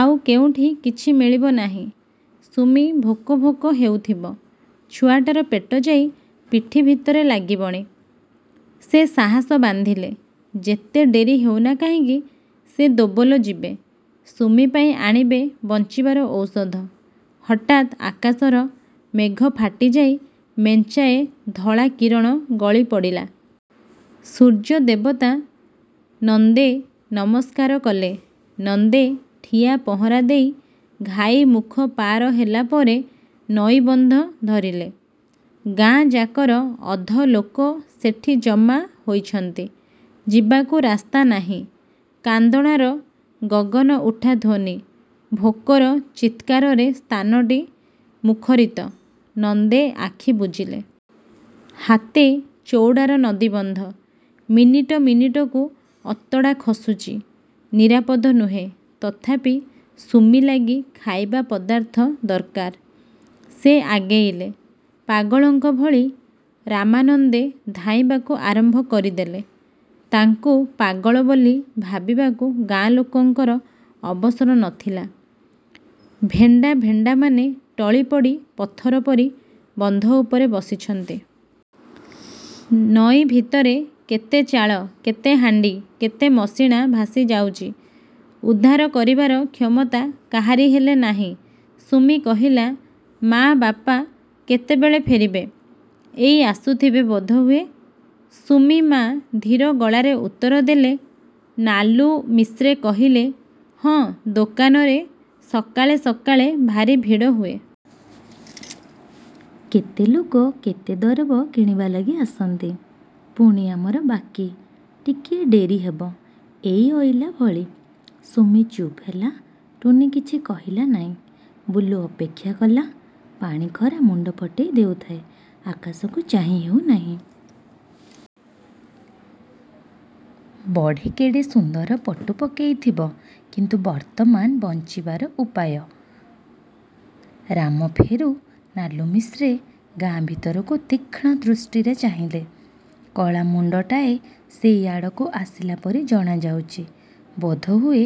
ଆଉ କେଉଁଠି କିଛି ମିଳିବ ନାଇଁ। ସୁମି ଭୋକ ଭୋକ ହେଉଥିବ। ଛୁଆଟାର ପେଟ ଯାଇ ପିଠି ଭିତରେ ଲାଗିବଣି। ସେ ସାହସ ବାନ୍ଧିଲେ। ଯେତେ ଡେରି ହେଉନା କାହିଁକି ସେ ଦୋବଲ ଯିବେ। ସୁମି ପାଇଁ ଆଣିବେ ବଞ୍ଚିବାର ଔଷଧ। ହଠାତ୍ ଆକାଶର ମେଘ ଫାଟିଯାଇ ମେଞ୍ଚାଏ ଧଳା କିରଣ ଗଳି ପଡ଼ିଲା। ସୂର୍ଯ୍ୟ ଦେବତା–ନନ୍ଦେ ନମସ୍କାର କଲେ। ନନ୍ଦେ ଠିଆ ପହଁରା ଦେଇ ଘାଇ ମୁଖ ପାର ହେଲା ପରେ ନଈବନ୍ଧ ଧରିଲେ। ଗାଁ-ଯାକର ଅଧ ଲୋକ ସେଠି ଜମା ହୋଇଛନ୍ତି। ଯିବାକୁ ରାସ୍ତା ନାହିଁ। କାନ୍ଦଣାର ଗଗନ ଉଠା ଧ୍ୱନି, ଭୋକର ଚିତ୍କାରରେ ସ୍ଥାନଟି ମୁଖରିତ। ନନ୍ଦେ ଆଖି ବୁଜିଲେ। ହାତେ ଚଉଡ଼ାର ନଈବନ୍ଧ। ମିନିଟ ମିନିଟକୁ ଅତଡ଼ା ଖସୁଚି। ନିରାପଦ ନୁହେଁ! ତଥାପି ସୁମି ଲାଗି ଖାଇବା ପଦାର୍ଥ ଦର୍କାର। ସେ ଆଗେଇଲେ। ପାଗଳଙ୍କ ଭଳି ରାମାନନ୍ଦେ ଧାଇଁବାକୁ ଆରମ୍ଭ କରିଦେଲେ। ତାଙ୍କୁ ପାଗଳ ବୋଲି ଭାବିବାକୁ ଗାଁ ଲୋକଙ୍କର ଅବସର ନ ଥିଲା। ଭେଣ୍ଡା ଭେଣ୍ଡାମାନେ ଟଳି ପଡ଼ି ପଥର ପରି ବନ୍ଧ ଉପରେ ବସିଛନ୍ତି। ନଈ ଭିତରେ କେତେ ଚାଳ, କେତେ ହାଣ୍ଡି, କେତେ ମସିଣା ଭାସି ଯାଉଚି। ଉଦ୍ଧାର କରିବାର କ୍ଷମତା କାହାରି ହେଲେ ନାଇଁ। ସୁମି କହିଲା–ମା, ବାପା କେତେବେଳେ ଫେରିବେ। –ଏଇ ଆସୁଥିବେ ବୋଧହୁଏ। ସୁମି-ମା ଧୀର ଗଳାରେ ଉତ୍ତର ଦେଲେ। ନାଲୁମିଶ୍ରେ କହିଲେ–ହଁ ଦୋକାନରେ ସକାଳେ ସକାଳେ ଭାରି ଭିଡ଼ ହୁଏ। କେତେ ଲୋକ କେତେ ଦରବ କିଣିବା ଲାଗି ଆସନ୍ତି। ପୁଣି ଆମର ବାକୀ। ଟିକିଏ ଡେରି ହେବ। ଏଇ ଅଇଲା ଭଳି। ସୁମି ଚୁପ୍ ହେଲା। ଟୁନୀ କିଛି କହିଲା ନାଇଁ। ବୁଲୁ ଅପେକ୍ଷା କଲା। ପାଣି ଖରା ମୁଣ୍ଡ ଫଟେଇ ଦେଉଥାଏ। ଆକାଶକୁ ଚାହିଁ ହେଉ ନାହିଁ। ବଢ଼ି କେଡ଼େ ସୁନ୍ଦର ପଟୁ ପକେଇଥିବ। କିନ୍ତୁ ବର୍ତ୍ତମାନ ବଞ୍ଚିବାର ଉପାୟ? ରାମ ଫେରୁ। ନାଲୁମିଶ୍ରେ ଗାଁ ଭିତରକୁ ତୀକ୍ଷ୍ଣ ଦୃଷ୍ଟିରେ ଚାହିଁଲେ। କଳା ମୁଣ୍ଡଟାଏ ସେଇ ଆଡ଼କୁ ଆସିଲା ପରି ଜଣା ଯାଉଚି। ବୋଧହୁଏ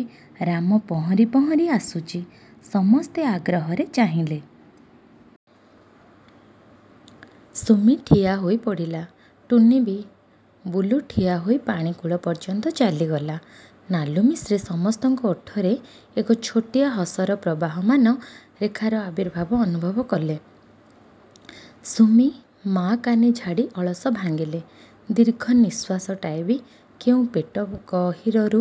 ରାମ ପହଁରି ପହଁରି ଆସୁଚି। ସମସ୍ତେ ଆଗ୍ରହରେ ଚାହିଁଲେ। ସୁମି ଠିଆ ହୋଇପଡ଼ିଲା। ଟୁନୀ ବି। ବୁଲୁ ଠିଆ ହୋଇ ପାଣି କୂଳ ପର୍ଯ୍ୟନ୍ତ ଚାଲିଗଲା। ନାଲୁମିଶ୍ରେ ସମସ୍ତଙ୍କ ଓଠରେ ଏକ ଛୋଟିଆ ହସର ପ୍ରବହମାନ ରେଖାର ଆବିର୍ଭାବ ଅନୁଭବ କଲେ। ସୁମି-ମା କାନି ଝାଡ଼ି ଅଳସ ଭାଙ୍ଗିଲେ। ଦୀର୍ଘ ନିଶ୍ୱାସଟାଏ ବି କେଉଁ ପେଟ ଗହୀରରୁ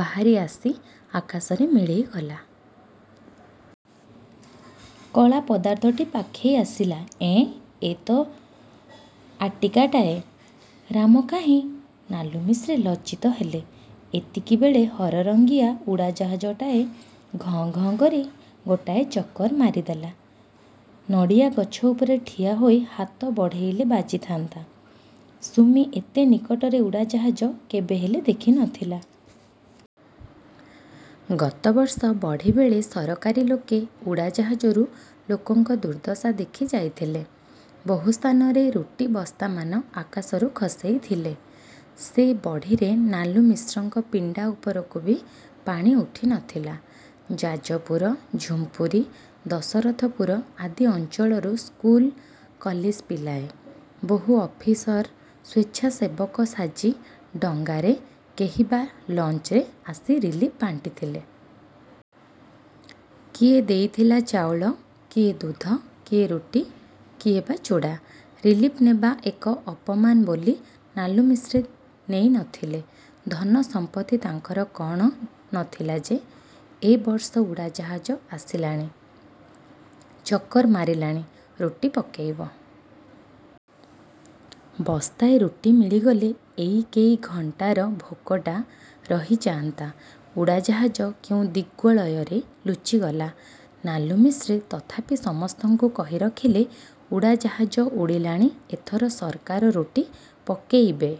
ବାହାରି ଆସି ଆକାଶରେ ମିଳେଇ ଗଲା-। କଳା ପଦାର୍ଥଟି ପାଖେଇ ଆସିଲା। ଏଁ–ଏ ତ ଆଟିକାଟାଏ। ରାମ କାହିଁ? ନାଲୁମିଶ୍ରେ ଲଜ୍ଜିତ ହେଲେ। ଏତିକିବେଳେ ହରରଙ୍ଗିଆ ଉଡ଼ାଜାହାଜଟାଏ ଘଁ-ଘଁ କରି ଗୋଟାଏ ଚକର ମାରିଦେଲା-। ନଡ଼ିଆଗଛ ଉପରେ ଠିଆ ହୋଇ ହାତ ବଢ଼େଇଲେ ବାଜିଥାନ୍ତା। ସୁମି ଏତେ ନିକଟରେ ଉଡ଼ାଜାହାଜ କେବେ ହେଲେ ଦେଖି ନ ଥିଲା। ଗତ ବର୍ଷ ବଢ଼ି ବେଳେ ସରକାରୀ ଲୋକେ ଉଡ଼ାଜାହାଜରୁ ଲୋକଙ୍କ ଦୁର୍ଦ୍ଦଶା ଦେଖି ଯାଇଥିଲେ। ବହୁ ସ୍ଥାନରେ ରୁଟି ବସ୍ତାମାନ ଆକାଶରୁ ଖସେଇ ଥିଲେ। ସେ ବଢ଼ିରେ ନାଲୁମିଶ୍ରଙ୍କ ପିଣ୍ଡା ଉପରକୁ ବି ପାଣି ଉଠି ନ ଥିଲା। ଯାଜପୁର, ଝୁମ୍ପୁରି, ଦଶରଥପୁର ଆଦି ଅଞ୍ଚଳରୁ ସ୍କୁଲ କଲେଜ ପିଲାଏ; ବହୁ ଅଫିସର ସ୍ୱେଚ୍ଛାକସେବକ ସାଜି ଡଙ୍ଗାରେ, କେହି ବା ଲଞ୍ଚରେ ଆସି ରିଲିଫ୍ ବାଣ୍ଟିଥିଲେ। କିଏ ଦେଇଥିଲା ଚାଉଳ, କିଏ ଦୁଧ, କିଏ ରୁଟି–କିଏ ବା ଚୁଡ଼ା। ରିଲିଫ୍ ନେବା ଏକ ଅପମାନ ବୋଲି ନାଲୁମିଶ୍ରେ ନେଇ ନ ଥିଲେ। ଧନ ସମ୍ପତ୍ତି ତାଙ୍କର କଣ ନ ଥିଲା ଯେ? ଏ ବର୍ଷ ଉଡ଼ାଜାହାଜ ଆସିଲାଣି, ଚକର୍ ମାରିଲାଣି। ରୁଟି ପକେଇବ। ବସ୍ତାଏ ରୁଟି ମିଳିଗଲେ ଏଇ କେଇ ଘଣ୍ଟାର ଭୋକଟା ରହିଯାଆନ୍ତା। ଉଡ଼ାଜାହାଜ କେଉଁ ଦିଗ୍ବଳୟରେ ଲୁଚିଗଲା। ନାଲୁମିଶ୍ରେ ତଥାପି ସମସ୍ତଙ୍କୁ କହି ରଖିଲେ–ଉଡ଼ାଜାହାଜ ଉଡ଼ିଲାଣି ଏଥର ସର୍କାର ରୁଟି ପକେଇବେ।